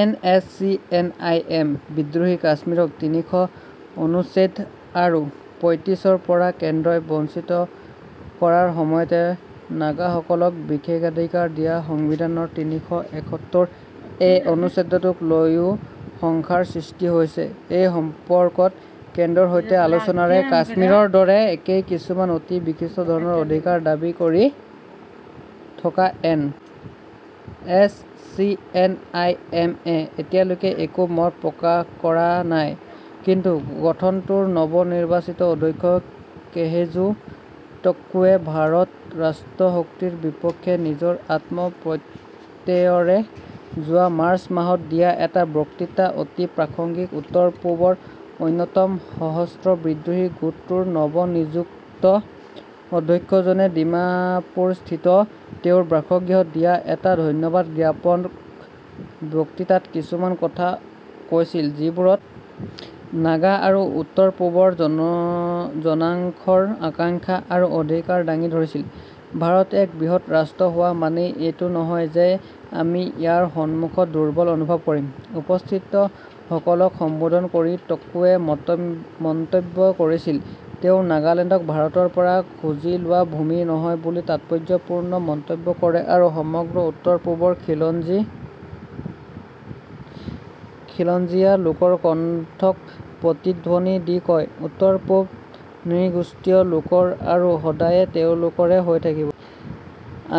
N. S. C. N. I. M. বিদ্ৰোহী কাশ্মীৰক তিনিশ অনুচ্ছেদ আৰু পঁইত্ৰিছ ৰ পৰা কেন্দ্ৰই বঞ্চিত কৰাৰ সময়তে নাগাসকলক বিশেষাধিকাৰ দিয়া সংবিধানৰ তিনিশ এসত্তৰ এ অনুচ্ছেদটোক লৈয়ো শংকাৰ সৃষ্টি হৈছে। এই সম্পৰ্কত কেন্দ্ৰৰ সৈতে আলোচনাৰে কাশ্মীৰৰ দৰে একেই কিছুমান অতি বিশিষ্ট ধৰণৰ অধিকাৰ দাবী কৰি থকা N. S. C. N. I. M. এ. এতিয়ালৈকে একো মত প্ৰকাশ কৰা নাই। কিন্তু সংগঠনটোৰ নৱ-নিৰ্বাচিত অধ্যক্ষ কেহেজু টুক্কুৱে ভাৰত ৰাষ্ট্ৰশক্তিৰ বিপক্ষে নিজৰ আত্ম প্ৰত্যয়েৰে যোৱা মাৰ্চ মাহত দিয়া এটা বক্তৃতা অতি প্ৰাসংগিক। উত্তৰ-পূবৰ অন্যতম সশস্ত্ৰ বিদ্ৰোহী গোটটোৰ নৱ-নিযুক্ত অধ্যক্ষজনে ডিমাপুৰস্থিত তেওঁৰ বাসগৃহত দিয়া এটা ধন্যবাদ জ্ঞাপক বক্তৃতাত কিছুমান কথা কৈছিল ।যিবোৰত নাগা আৰু উত্তৰ-পূবৰ জনাংশৰ আকাংক্ষা আৰু অধিকাৰ দাঙি ধৰিছিল। ভাৰত এক বৃহত ৰাষ্ট্ৰ হোৱা মানেই এইটো নহয় যে আমি ইয়াৰ সন্মুখত দুৰ্বল অনুভৱ কৰিম, উপস্থিতসকলক সম্বোধন কৰি টুক্কুৱে মন্তব্য কৰিছিল। তেওঁ নাগালেণ্ডক ভাৰতৰ পৰা খুজি লোৱা ভূমি নহয় বুলি তাৎপৰ্য্যপূৰ্ণ মন্তব্য কৰে আৰু সমগ্ৰ উত্তৰ-পূবৰ খিলঞ্জীয়া লোকৰ কণ্ঠক প্ৰতিধ্বনি দি কয়, উত্তৰ-পূব নৃগোষ্ঠীয় লোকৰ আৰু সদায়ে তেওঁলোকৰে হৈ থাকিব।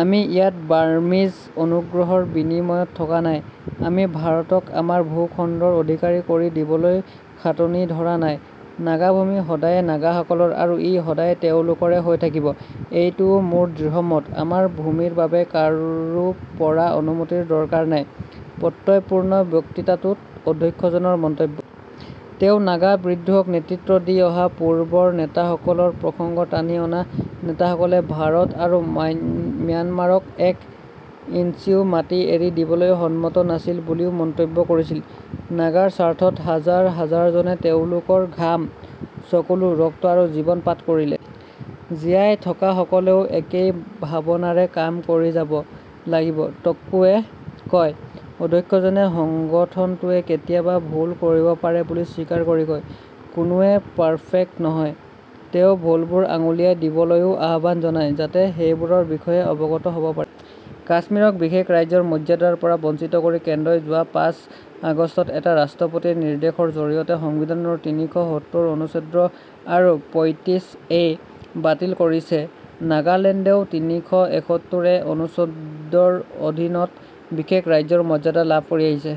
আমি ইয়াত বাৰ্মিজ অনুগ্ৰহৰ বিনিময়ত থকা নাই। আমি ভাৰতক আমাৰ ভূ-খণ্ডৰ অধিকাৰী কৰি দিবলৈ খাটনি ধৰা নাই। নাগাভূমি সদায়ে নাগাসকলৰ আৰু ই সদায়ে তেওঁলোকৰে হৈ থাকিব। এইটোৱে মোৰ দৃঢ় মত। আমাৰ ভূমিৰ বাবে কাৰো পৰা অনুমতিৰ দৰকাৰ নাই, প্ৰত্যয়পূৰ্ণ বক্তৃতাটোত অধ্যক্ষজনৰ মন্তব্য। তেওঁ নাগা বিদ্ৰোহক নেতৃত্ব দি অহা পূৰ্বৰ নেতাসকলৰ প্ৰসংগ টানি আনি নেতাসকলে ভাৰত আৰু ম্যানমাৰক এক ইঞ্চিও মাটি এৰি দিবলৈ সন্মত নাছিল বুলিও মন্তব্য কৰিছিল। নাগাৰ স্বাৰ্থত হাজাৰ হাজাৰজনে তেওঁলোকৰ ঘাম, চকুলো, ৰক্ত আৰু জীৱন পাত কৰিলে। জীয়াই থকাসকলেও একেই ভাবনাৰে কাম কৰি যাব লাগিব, টুক্কুৱে কয়। অধ্যক্ষজনে সংগঠনটোৱে কেতিয়াবা ভুল কৰিব পাৰে বুলি স্বীকাৰ কৰি কয়, কোনোৱে পাৰ্ফেক্ট নহয়। তেওঁ ভুলবোৰ আঙুলিয়াই দিবলৈও আহ্বান জনায় যাতে সেইবোৰৰ বিষয়ে অৱগত হব পাৰি। কাশ্মীৰক বিশেষ ৰাজ্যৰ মৰ্য্যাদাৰ পৰা বঞ্চিত কৰি কেন্দ্ৰই যোৱা পাঁচ আগষ্টত এটা ৰাষ্ট্ৰপতীয় নিৰ্দেশৰ জৰিয়তে সংবিধানৰ তিনিশ সত্তৰ অনুচ্ছেদ আৰু পঁইত্ৰিছ এ বাতিল কৰিছে। নাগালেণ্ডেও তিনিশ এসত্তৰ এ অনুচ্ছেদৰ অধীনত বিশেষ ৰাজ্যৰ মৰ্য্যাদা লাভ কৰি আহিছে।